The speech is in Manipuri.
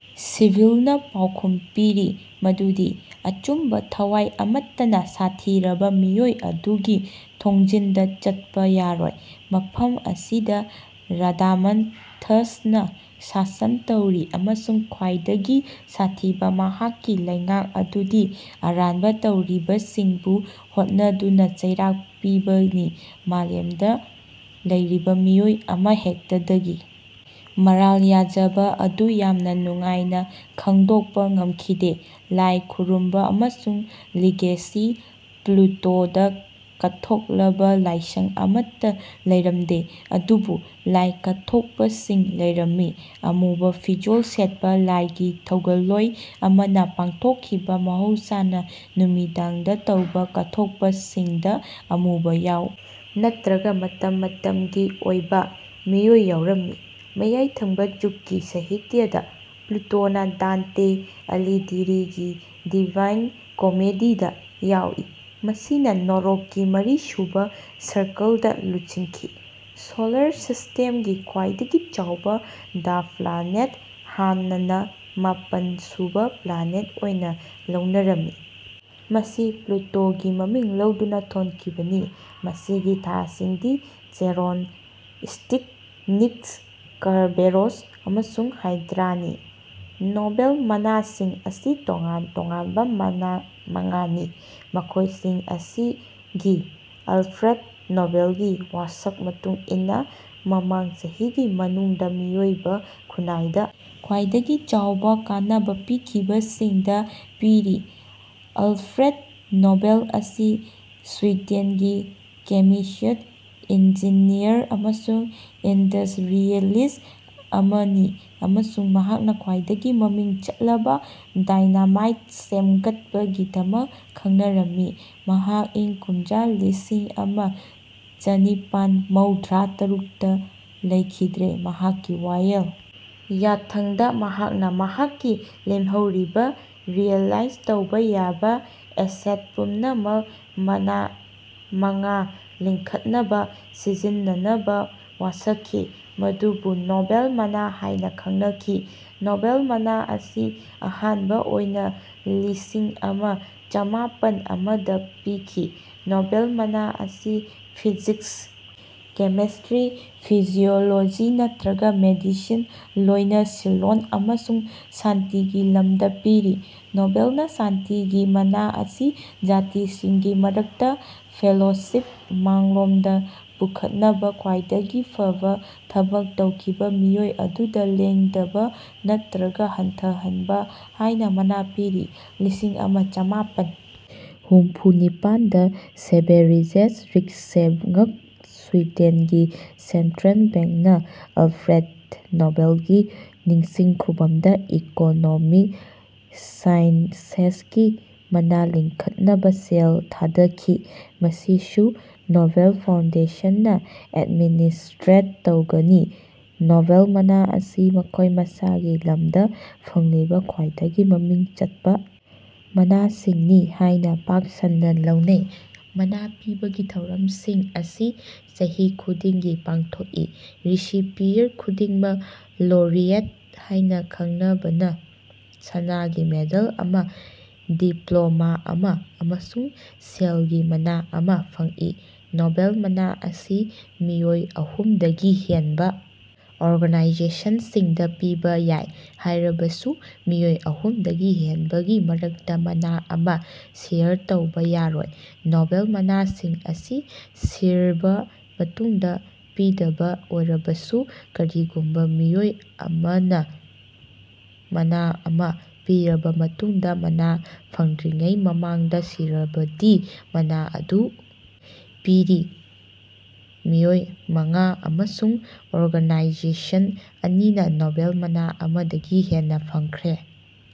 ꯁꯤꯕꯤꯜꯅ ꯄꯥꯎꯈꯨꯝ ꯄꯤꯔꯤ ꯃꯗꯨꯗꯤ ꯑꯆꯨꯝꯕ ꯊꯋꯥꯏ ꯑꯃꯠꯇꯅ ꯁꯥꯊꯤꯔꯕ ꯃꯤꯑꯣꯏ ꯑꯗꯨꯒꯤ ꯊꯣꯡꯖꯤꯟꯗ ꯆꯠꯄ ꯌꯥꯔꯣꯏ ꯃꯐꯝ ꯑꯁꯤꯗ ꯔꯥꯗꯥꯃꯟꯊꯁꯅ ꯁꯥꯁꯟ ꯇꯧꯔꯤ ꯑꯃꯁꯨꯡ ꯈ꯭ꯋꯥꯏꯗꯒꯤ ꯁꯥꯊꯤꯕ ꯃꯍꯥꯛꯀꯤ ꯂꯩꯉꯥꯛ ꯑꯗꯨꯗꯤ ꯑꯔꯥꯟꯕ ꯇꯧꯔꯤꯕꯁꯤꯡꯕꯨ ꯍꯣꯠꯅꯗꯨꯅ ꯆꯩꯔꯥꯛ ꯄꯤꯕꯅꯤ ꯃꯥꯂꯦꯝꯗ ꯂꯩꯔꯤꯕ ꯃꯤꯑꯣꯏ ꯑꯃꯍꯦꯛꯇꯗꯒꯤ ꯃꯔꯥꯜ ꯌꯥꯖꯕ ꯑꯗꯨ ꯌꯥꯝꯅ ꯅꯨꯡꯉꯥꯏꯅ ꯈꯪꯗꯣꯛꯄ ꯉꯝꯈꯤꯗꯦ ꯂꯥꯏ ꯈꯨꯔꯨꯝꯕ ꯑꯃꯁꯨꯡ ꯂꯤꯒꯦꯁꯤ ꯄ꯭ꯂꯨꯇꯣꯗ ꯀꯠꯊꯣꯛꯂꯕ ꯂꯥꯏꯁꯪ ꯑꯃꯠꯇ ꯂꯩꯔꯝꯗꯦ ꯑꯗꯨꯕꯨ ꯂꯥꯏ ꯀꯠꯊꯣꯛꯄꯁꯤꯡ ꯂꯩꯔꯝꯃꯤ꯫ ꯑꯃꯨꯕ ꯐꯤꯖꯣꯜ ꯁꯦꯠꯄ ꯂꯥꯏꯒꯤ ꯊꯧꯒꯜꯂꯣꯏ ꯑꯃꯅ ꯄꯥꯡꯊꯣꯛꯈꯤꯕ ꯃꯍꯧꯁꯥꯅ ꯅꯨꯃꯤꯗꯥꯡꯗ ꯇꯧꯕ ꯀꯠꯊꯣꯛꯄꯁꯤꯡꯗ ꯑꯃꯨꯕ ꯌꯥꯎ ꯅꯠꯇ꯭ꯔꯒ ꯃꯇꯝ ꯃꯇꯝꯒꯤ ꯑꯣꯏꯕ ꯃꯤꯑꯣꯏ ꯌꯥꯎꯔꯝꯃꯤ꯫ ꯃꯌꯥꯏ ꯊꯪꯕ ꯌꯨꯒꯀꯤ ꯁꯥꯍꯤꯇ꯭ꯌꯗ ꯄ꯭ꯂꯨꯇꯣꯅ ꯗꯥꯟꯇꯦ ꯑꯂꯤꯘꯤꯔꯤꯒꯤ ꯗꯤꯚꯥꯏꯟ ꯀꯣꯃꯦꯗꯤꯗ ꯌꯥꯎꯏ ꯃꯁꯤꯅ ꯅꯣꯔꯣꯛꯀꯤ ꯃꯔꯤꯁꯨꯕ ꯁꯔꯀꯜꯗ ꯂꯨꯆꯤꯡꯈꯤ꯫ ꯁꯣꯂꯔ ꯁꯤꯁ꯭ꯇꯦꯝꯒꯤ ꯈ꯭ꯋꯥꯏꯗꯒꯤ ꯆꯥꯎꯕ ꯗ꯭ꯋꯥꯔꯐ ꯄ꯭ꯂꯥꯅꯦꯠ ꯍꯥꯟꯅꯅ ꯃꯥꯄꯟ ꯁꯨꯕ ꯄ꯭ꯂꯥꯅꯦꯠ ꯑꯣꯏꯅ ꯂꯧꯅꯔꯝꯃꯤ ꯃꯁꯤ ꯄ꯭ꯂꯨꯇꯣꯒꯤ ꯃꯃꯤꯡ ꯂꯧꯗꯨꯅ ꯊꯣꯟꯈꯤꯕꯅꯤ ꯃꯁꯤꯒꯤ ꯊꯥꯁꯤꯡꯗꯤ ꯆꯦꯔꯣꯟ ꯁ꯭ꯇꯤꯛ ꯅꯤꯛꯁ ꯀꯔꯕꯦꯔꯣꯁ ꯑꯃꯁꯨꯡ ꯍꯥꯏꯗ꯭ꯔꯥꯅꯤ꯫ ꯅꯣꯕꯦꯜ ꯃꯅꯥꯁꯤꯡ ꯑꯁꯤ ꯇꯣꯉꯥꯟ ꯇꯣꯉꯥꯟꯕꯥ ꯃꯅꯥ ꯃꯉꯥꯅꯤ, ꯃꯈꯣꯢꯁꯤꯡ ꯑꯁꯤ ꯒꯤ ꯑꯜꯐ꯭ꯔꯦꯗ ꯅꯣꯕꯦꯜꯒꯤ ꯋꯥꯁꯛ ꯃꯇꯨꯡ ꯏꯟꯅꯥ ꯃꯃꯥꯡ ꯆꯍꯤꯒꯤ ꯃꯅꯨꯡꯗꯥ ꯃꯤꯑꯣꯏꯕꯥ ꯈꯨꯅꯥꯏꯗ ꯈ꯭ꯋꯥꯏꯗꯒꯤ ꯆꯥꯎꯕꯥ ꯀꯥꯟꯅꯕꯥ ꯄꯤꯈꯤꯕꯁꯤꯡꯗꯥ ꯄꯤꯔꯤ꯫ ꯑꯜꯐ꯭ꯔꯦꯗ ꯅꯣꯕꯦꯜ ꯑꯁꯤ ꯁ꯭ꯋꯤꯗꯦꯟꯒꯤ ꯀꯦꯃꯤꯁꯠ ꯏꯟꯖꯤꯅꯤꯌꯔ ꯑꯃꯁꯨꯡ ꯏꯟꯗꯁ꯭ꯠꯔꯤꯌꯦꯂꯤꯁ꯭ꯠ ꯑꯃꯅꯤ ꯑꯃꯁꯨꯡ ꯃꯍꯥꯛꯅꯥ ꯈ꯭ꯋꯥꯏꯗꯒꯤ ꯃꯃꯤꯡ ꯆꯠꯂꯕꯥ ꯗꯥꯏꯅꯥꯃꯥꯏꯠ ꯁꯦꯝꯒꯠꯄꯒꯤꯗꯃꯛ ꯈꯪꯅꯔꯝꯃꯤ꯫ ꯃꯍꯥꯛ ꯏꯪ ꯀꯨꯝꯖ ꯂꯤꯁꯤ ꯑꯃ ꯆꯅꯤꯄꯥꯟ ꯃꯧꯗ꯭ꯔꯥ ꯇꯔꯨꯛꯇ ꯂꯩꯈꯤꯗ꯭ꯔꯦ꯫ ꯃꯍꯥꯛꯀꯤ ꯋꯥꯌꯦꯜ ꯌꯥꯊꯪꯗꯥ ꯃꯍꯥꯛꯅꯥ ꯃꯍꯥꯛꯀꯤ ꯂꯦꯝꯍꯧꯔꯤꯕꯥ ꯔꯤꯑꯦꯂꯥꯏꯖ ꯇꯧꯕꯥ ꯌꯥꯕꯥ ꯑꯦꯁꯦꯠ ꯄꯨꯝꯅꯃꯛ ꯃꯅꯥ ꯃꯉꯥ ꯂꯤꯡꯈꯠꯅꯕꯥ ꯁꯤꯖꯤꯟꯅꯅꯕꯥ ꯋꯥꯁꯛꯈꯤ ꯃꯗꯨꯕꯨ ꯅꯣꯕꯦꯜ ꯃꯅꯥ ꯍꯥꯏꯅꯥ ꯈꯪꯅꯈꯤ꯫ ꯅꯣꯕꯦꯜ ꯃꯅꯥ ꯑꯁꯤ ꯑꯍꯥꯟꯕꯥ ꯑꯣꯏꯅꯥ ꯂꯤꯁꯤꯡ ꯑꯃ ꯆꯃꯥꯄꯟ ꯑꯃꯗ ꯄꯤꯈꯤ꯫ ꯅꯣꯕꯦꯜ ꯃꯅꯥ ꯑꯁꯤ ꯐꯤꯖꯤꯛꯁ ꯀꯦꯃꯤꯁ꯭ꯠꯇ꯭ꯔꯤ ꯐꯤꯖꯤꯑꯣꯂꯣꯖꯤ ꯅꯠꯇ꯭ꯔꯒꯥ ꯃꯦꯗꯤꯁꯤꯟ ꯂꯣꯏꯅꯁꯤꯜꯂꯣꯟ ꯑꯃꯁꯨꯡ ꯁꯥꯟꯇꯤꯒꯤ ꯂꯝꯗꯥ ꯄꯤꯔꯤ꯫ ꯅꯣꯕꯦꯜꯅꯥ ꯁꯥꯟꯇꯤꯒꯤ ꯃꯅꯥ ꯑꯁꯤ ꯖꯥꯇꯤꯁꯤꯡꯒꯤ ꯃꯔꯛꯇꯥ ꯐꯦꯂꯣꯁꯤꯞ ꯃꯥꯡꯂꯣꯝꯗꯥ ꯄꯨꯈꯠꯅꯕꯥ ꯈ꯭ꯋꯥꯏꯗꯒꯤ ꯐꯕꯥ ꯊꯕꯛ ꯇꯧꯈꯤꯕꯥ ꯃꯤꯑꯣꯏ ꯑꯗꯨꯗꯥ ꯂꯦꯡꯗꯕꯥ ꯅꯠꯇ꯭ꯔꯒꯥ ꯍꯟꯊꯍꯟꯕꯥ ꯍꯥꯏꯅꯥ ꯃꯅꯥ ꯄꯤꯔꯤ꯫ ꯂꯤꯁꯤꯡ ꯑꯃ ꯆꯃꯥꯄꯟ ꯍꯨꯝꯐꯨ ꯅꯤꯄꯥꯟꯗ ꯁ꯭ꯕꯦꯔꯤꯖꯦꯁ ꯔꯤꯛꯁꯕꯦꯉ꯭ꯛ ꯁ꯭ꯋꯤꯗꯦꯟꯒꯤ ꯁꯦꯟꯇ꯭ꯔꯦꯜ ꯕꯦꯡꯛ ꯅꯥ ꯑꯜꯐ꯭ꯔꯦꯗ ꯅꯣꯕꯦꯜꯒꯤ ꯅꯤꯡꯁꯤꯡ ꯈꯨꯚꯝꯗꯥ ꯏꯀꯣꯅꯣꯃꯤꯛ ꯁꯥꯏꯟꯁꯦꯁꯀꯤ ꯃꯅꯥ ꯂꯤꯡꯈꯠꯅꯕꯥ ꯁꯦꯜ ꯊꯥꯗꯈꯤ ꯃꯁꯤꯁꯨ ꯅꯣꯕꯦꯜ ꯐꯥꯎꯟꯗꯦꯁꯟꯅꯥ ꯑꯦꯗꯃꯤꯅꯤꯁ꯭ꯠꯇ꯭ꯔꯦꯠ ꯇꯧꯒꯅꯤ꯫ ꯅꯣꯕꯦꯜ ꯃꯅꯥ ꯑꯁꯤ ꯃꯈꯣꯏ ꯃꯁꯥꯒꯤ ꯂꯝꯗꯥ ꯐꯪꯂꯤꯕꯥ ꯈ꯭ꯋꯥꯏꯗꯒꯤ ꯃꯃꯤꯡ ꯆꯠꯄꯥ ꯃꯅꯥꯁꯤꯡꯅꯤ ꯍꯥꯏꯅꯥ ꯄꯥꯛ ꯁꯟꯅꯥ ꯂꯧꯅꯩ꯫ ꯃꯅꯥ ꯄꯤꯕꯒꯤ ꯊꯧꯔꯝꯁꯤꯡ ꯑꯁꯤ ꯆꯍꯤ ꯈꯨꯗꯤꯡꯒꯤ ꯄꯥꯡꯊꯣꯛꯏ꯫ ꯔꯤꯁꯤꯄꯤꯌꯔ ꯈꯨꯗꯤꯡꯃꯛ ꯂꯣꯔꯤꯑꯦꯠ ꯍꯥꯏꯅꯥ ꯈꯪꯅꯕꯥꯅꯥ ꯁꯅꯥꯒꯤ ꯃꯦꯗꯜ ꯑꯃꯥ ꯗꯤꯄ꯭ꯂꯣꯃꯥ ꯑꯃꯥ ꯑꯃꯁꯨꯡ ꯁꯦꯜꯒꯤ ꯃꯅꯥ ꯑꯃꯥ ꯐꯪꯏ꯫ ꯅꯣꯕꯦꯜ ꯃꯅꯥ ꯑꯁꯤ ꯃꯤꯑꯣꯏ ꯑꯍꯨꯝꯗꯒꯤ ꯍꯦꯟꯕꯥ ꯑꯣꯔꯒꯅꯥꯏꯖꯦꯁꯟꯁꯤꯡꯗꯥ ꯄꯤꯕꯥ ꯌꯥꯏ ꯍꯥꯏꯔꯕꯁꯨ ꯃꯤꯑꯣꯏ ꯑꯍꯨꯝꯗꯒꯤ ꯍꯦꯟꯕꯒꯤ ꯃꯔꯛꯇꯥ ꯃꯅꯥ ꯑꯃꯥ ꯁꯦꯌꯔ ꯇꯧꯕꯥ ꯌꯥꯔꯣꯏ꯫ ꯅꯣꯕꯦꯜ ꯃꯅꯥꯁꯤꯡ ꯑꯁꯤ ꯁꯤꯔꯕꯥ ꯃꯇꯨꯡꯗꯥ ꯄꯤꯗꯕꯥ ꯑꯣꯏꯔꯕꯁꯨ ꯀꯔꯤꯒꯨꯝꯕꯥ ꯃꯤꯑꯣꯏ ꯑꯃꯅꯥ ꯃꯅꯥ ꯑꯃꯥ ꯄꯤꯔꯕꯥ ꯃꯇꯨꯡꯗꯥ ꯃꯅꯥ ꯐꯪꯗ꯭ꯔꯤꯉꯩ ꯃꯃꯥꯡꯗꯥ ꯁꯤꯔꯕꯗꯤ ꯃꯅꯥ ꯑꯗꯨ ꯄꯤꯔꯤ꯫ ꯃꯤꯑꯣꯏ ꯃꯉꯥ ꯑꯃꯁꯨꯡ ꯑꯣꯔꯒꯅꯥꯏꯖꯦꯁꯟ ꯑꯅꯤꯅꯥ ꯅꯣꯕꯦꯜ ꯃꯅꯥ ꯑꯃꯗꯒꯤ ꯍꯦꯟꯅꯥ ꯐꯪꯈ꯭ꯔꯦ꯫